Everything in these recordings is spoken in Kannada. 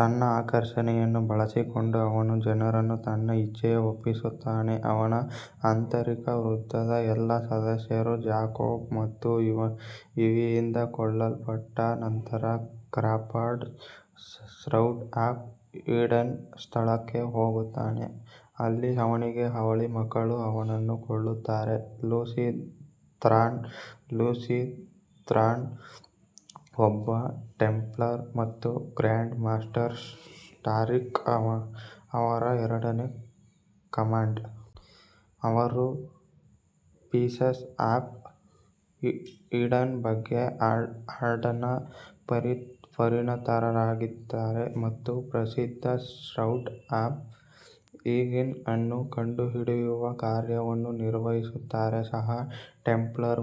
ತನ್ನ ಆಕರ್ಷಣೆಯನ್ನು ಬಳಸಿಕೊಂಡು, ಅವನು ಜನರನ್ನು ತನ್ನ ಇಚ್ಛೆಗೆ ಒಪ್ಪಿಸುತ್ತಾನೆ. ಅವನ ಆಂತರಿಕ ವೃತ್ತದ ಎಲ್ಲಾ ಸದಸ್ಯರು ಜಾಕೋಬ್ ಮತ್ತು ಇವಿಯಿಂದ ಕೊಲ್ಲಲ್ಪಟ್ಟ ನಂತರ, ಕ್ರಾಫರ್ಡ್ ಶ್ರೌಡ್ ಆಫ್ ಈಡನ್ ಸ್ಥಳಕ್ಕೆ ಹೋಗುತ್ತಾನೆ, ಅಲ್ಲಿ ಅವನಿಗೆ ಅವಳಿ ಮಕ್ಕಳು ಅವನನ್ನು ಕೊಲ್ಲುತ್ತಾರೆ. ಲೂಸಿ ಥಾರ್ನ್ ಲೂಸಿ ಥಾರ್ನ್ ಒಬ್ಬ ಟೆಂಪ್ಲರ್ ಮತ್ತು ಗ್ರ್ಯಾಂಡ್ ಮಾಸ್ಟರ್ ಸ್ಟಾರ್ರಿಕ್ ಅವರ ಎರಡನೇ-ಕಮಾಂಡ್. ಅವರು ಪೀಸಸ್ ಆಫ್ ಈಡನ್ ಬಗ್ಗೆ ಆರ್ಡರ್ನ ಪರಿಣತರಾಗಿದ್ದಾರೆ ಮತ್ತು ಪ್ರಸಿದ್ಧ ಶ್ರೌಡ್ ಆಫ್ ಈಡನ್ ಅನ್ನು ಕಂಡುಹಿಡಿಯುವ ಕಾರ್ಯವನ್ನು ನಿರ್ವಹಿಸುತ್ತಾರೆ. ಸಹ ಟೆಂಪ್ಲರ್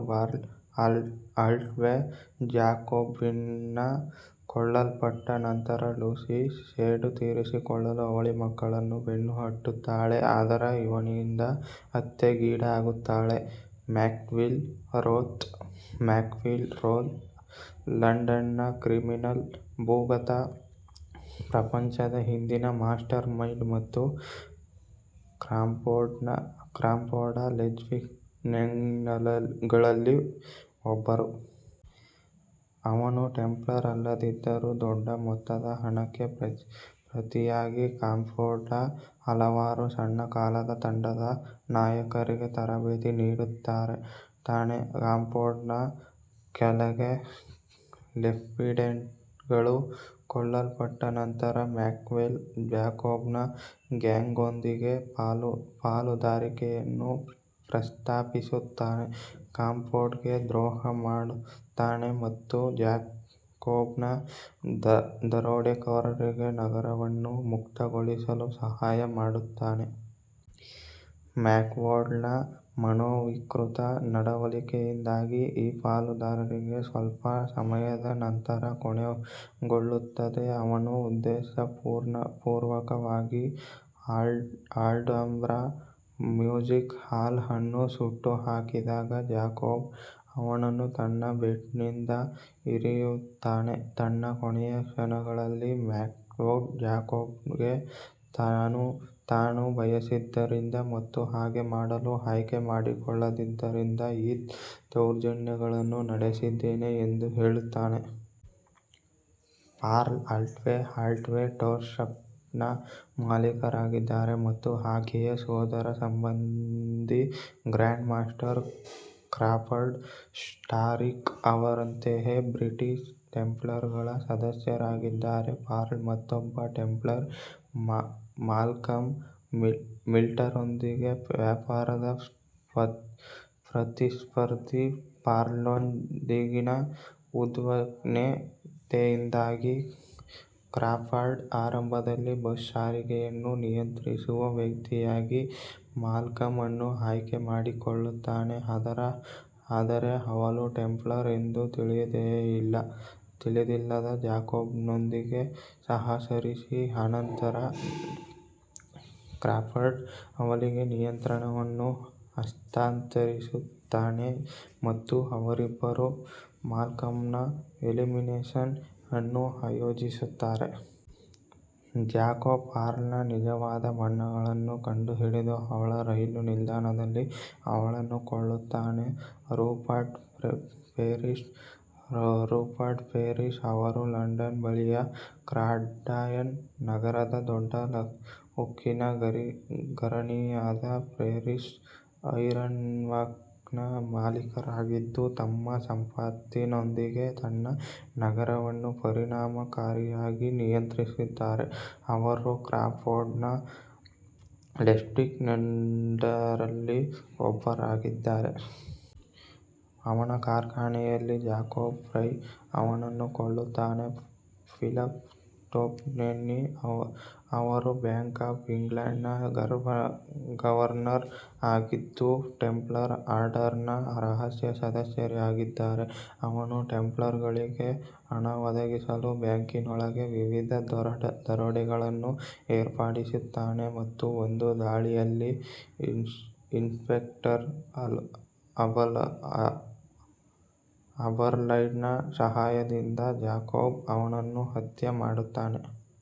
ಪರ್ಲ್ ಅಟ್ವೇ ಜಾಕೋಬ್ನಿಂದ ಕೊಲ್ಲಲ್ಪಟ್ಟ ನಂತರ, ಲೂಸಿ ಸೇಡು ತೀರಿಸಿಕೊಳ್ಳಲು ಅವಳಿ ಮಕ್ಕಳನ್ನು ಬೆನ್ನಟ್ಟುತ್ತಾಳೆ, ಆದರೆ ಇವಿಯಿಂದ ಹತ್ಯೆಗೀಡಾಗುತ್ತಾಳೆ. ಮ್ಯಾಕ್ಸ್ವೆಲ್ ರೋತ್ ಮ್ಯಾಕ್ಸ್ವೆಲ್ ರೋತ್ ಲಂಡನ್ನ ಕ್ರಿಮಿನಲ್ ಭೂಗತ ಪ್ರಪಂಚದ ಹಿಂದಿನ ಮಾಸ್ಟರ್ ಮೈಂಡ್ ಮತ್ತು ಕ್ರಾಫೋರ್ಡ್ನ ಲೆಫ್ಟಿನೆಂಟ್ಗಳಲ್ಲಿ ಒಬ್ಬರು. ಅವನು ಟೆಂಪ್ಲರ್ ಅಲ್ಲದಿದ್ದರೂ, ದೊಡ್ಡ ಮೊತ್ತದ ಹಣಕ್ಕೆ ಪ್ರತಿಯಾಗಿ ಕ್ರಾಫೋರ್ಡ್ನ ಹಲವಾರು ಸಣ್ಣ-ಕಾಲದ ತಂಡದ ನಾಯಕರಿಗೆ ತರಬೇತಿ ನೀಡುತ್ತಾನೆ. ಕ್ರಾಫೋರ್ಡ್ನ ಕೆಲವು ಲೆಫ್ಟಿನೆಂಟ್ಗಳು ಕೊಲ್ಲಲ್ಪಟ್ಟ ನಂತರ, ಮ್ಯಾಕ್ಸ್ವೆಲ್ ಜಾಕೋಬ್ನ ಗ್ಯಾಂಗ್ನೊಂದಿಗೆ ಪಾಲುದಾರಿಕೆಯನ್ನು ಪ್ರಸ್ತಾಪಿಸುತ್ತಾನೆ, ಕ್ರಾಫೋರ್ಡ್ಗೆ ದ್ರೋಹ ಮಾಡುತ್ತಾನೆ ಮತ್ತು ಜಾಕೋಬ್ನ ದರೋಡೆಕೋರರಿಗೆ ನಗರವನ್ನು ಮುಕ್ತಗೊಳಿಸಲು ಸಹಾಯ ಮಾಡುತ್ತಾನೆ. ಮ್ಯಾಕ್ಸ್ವೆಲ್ನ ಮನೋವಿಕೃತ ನಡವಳಿಕೆಯಿಂದಾಗಿ ಈ ಪಾಲುದಾರಿಕೆಯು ಸ್ವಲ್ಪ ಸಮಯದ ನಂತರ ಕೊನೆಗೊಳ್ಳುತ್ತದೆ. ಅವನು ಉದ್ದೇಶಪೂರ್ವಕವಾಗಿ ಅಲ್ಹಂಬ್ರಾ ಮ್ಯೂಸಿಕ್ ಹಾಲ್ ಅನ್ನು ಸುಟ್ಟುಹಾಕಿದಾಗ, ಜಾಕೋಬ್ ಅವನನ್ನು ತನ್ನ ಬ್ಲೇಡ್ನಿಂದ ಇರಿಯುತ್ತಾನೆ. ತನ್ನ ಕೊನೆಯ ಕ್ಷಣಗಳಲ್ಲಿ, ಮ್ಯಾಕ್ಸ್ವೆಲ್ ಜಾಕೋಬ್ಗೆ ತಾನು ಬಯಸಿದ್ದರಿಂದ ಮತ್ತು ಹಾಗೆ ಮಾಡಲು ಆಯ್ಕೆ ಮಾಡಿಕೊಂಡಿದ್ದರಿಂದ ಈ ದೌರ್ಜನ್ಯಗಳನ್ನು ನಡೆಸಿದ್ದೇನೆ ಎಂದು ಹೇಳುತ್ತಾನೆ. ಪರ್ಲ್ ಅಟ್ವೇ ಅಟ್ವೇ ಟ್ರಾನ್ಸ್ಪೋರ್ಟ್ನ ಮಾಲೀಕರಾಗಿದ್ದಾರೆ ಮತ್ತು ಆಕೆಯ ಸೋದರಸಂಬಂಧಿ ಗ್ರ್ಯಾಂಡ್ ಮಾಸ್ಟರ್ ಕ್ರಾಫರ್ಡ್ ಸ್ಟಾರ್ರಿಕ್ ಅವರಂತೆಯೇ ಬ್ರಿಟಿಷ್ ಟೆಂಪ್ಲರ್ಗಳ ಸದಸ್ಯರಾಗಿದ್ದಾರೆ. ಪರ್ಲ್ ಮತ್ತೊಬ್ಬ ಟೆಂಪ್ಲರ್ ಮಾಲ್ಕಮ್ ಮಿಲ್ನರ್ರೊಂದಿಗೆ ವ್ಯಾಪಾರದ ಪ್ರತಿಸ್ಪರ್ಧಿ. ಪರ್ಲ್ನೊಂದಿಗಿನ ಉದ್ವಿಗ್ನತೆಯಿಂದಾಗಿ ಕ್ರಾಫರ್ಡ್ ಆರಂಭದಲ್ಲಿ ಬಸ್ ಸಾರಿಗೆಯನ್ನು ನಿಯಂತ್ರಿಸುವ ವ್ಯಕ್ತಿಯಾಗಿ ಮಾಲ್ಕಮ್ ಅನ್ನು ಆಯ್ಕೆ ಮಾಡಿಕೊಳ್ಳುತ್ತಾನೆ, ಆದರೆ ಅವಳು ಟೆಂಪ್ಲರ್ ಎಂದು ತಿಳಿದಿಲ್ಲದ ಜಾಕೋಬ್ನೊಂದಿಗೆ ಸಹಕರಿಸಿದ ನಂತರ, ಕ್ರಾಫರ್ಡ್ ಅವಳಿಗೆ ನಿಯಂತ್ರಣವನ್ನು ಹಸ್ತಾಂತರಿಸುತ್ತಾನೆ ಮತ್ತು ಅವರಿಬ್ಬರೂ ಮಾಲ್ಕಮ್ನ ಎಲಿಮಿನೇಷನ್ ಅನ್ನು ಆಯೋಜಿಸುತ್ತಾರೆ. ಜಾಕೋಬ್ ಪರ್ಲ್ನ ನಿಜವಾದ ಬಣ್ಣಗಳನ್ನು ಕಂಡುಹಿಡಿದು ಅವಳ ರೈಲು ನಿಲ್ದಾಣದಲ್ಲಿ ಅವಳನ್ನು ಕೊಲ್ಲುತ್ತಾನೆ. ರೂಪರ್ಟ್ ಫೆರ್ರಿಸ್ ರೂಪರ್ಟ್ ಫೆರ್ರಿಸ್ ಅವರು ಲಂಡನ್ ಬಳಿಯ ಕ್ರಾಯ್ಡನ್ ನಗರದ ದೊಡ್ಡ ಉಕ್ಕಿನ ಗಿರಣಿಯಾದ ಫೆರ್ರಿಸ್ ಐರನ್ವರ್ಕ್ಸ್ನ ಮಾಲೀಕರಾಗಿದ್ದು, ತಮ್ಮ ಸಂಪತ್ತಿನೊಂದಿಗೆ ಸಣ್ಣ ನಗರವನ್ನು ಪರಿಣಾಮಕಾರಿಯಾಗಿ ನಿಯಂತ್ರಿಸುತ್ತಿದ್ದಾರೆ. ಅವರು ಕ್ರಾಫೋರ್ಡ್ನ ಲೆಫ್ಟಿನೆಂಟ್ಗಳಲ್ಲಿ ಒಬ್ಬರಾಗಿದ್ದಾರೆ. ಅವನ ಕಾರ್ಖಾನೆಯಲ್ಲಿ ಜಾಕೋಬ್ ಫ್ರೈ ಅವನನ್ನು ಕೊಲ್ಲುತ್ತಾನೆ. ಫಿಲಿಪ್ ಟ್ವೊಪೆನ್ನಿ ಅವರು ಬ್ಯಾಂಕ್ ಆಫ್ ಇಂಗ್ಲೆಂಡ್ನ ಗವರ್ನರ್ ಆಗಿದ್ದು, ಟೆಂಪ್ಲರ್ ಆರ್ಡರ್ನ ರಹಸ್ಯ ಸದಸ್ಯರಾಗಿದ್ದಾರೆ. ಅವನು ಟೆಂಪ್ಲರ್ಗಳಿಗೆ ಹಣ ಒದಗಿಸಲು ಬ್ಯಾಂಕಿನೊಳಗೆ ವಿವಿಧ ದರೋಡೆಗಳನ್ನು ಏರ್ಪಡಿಸುತ್ತಾನೆ, ಮತ್ತು ಒಂದು ದಾಳಿಯಲ್ಲಿ, ಇನ್ಸ್ಪೆಕ್ಟರ್ ಅಬರ್ಲೈನ್ನ ಸಹಾಯದಿಂದ ಜಾಕೋಬ್ ಅವನನ್ನು ಹತ್ಯೆ ಮಾಡುತ್ತಾನೆ.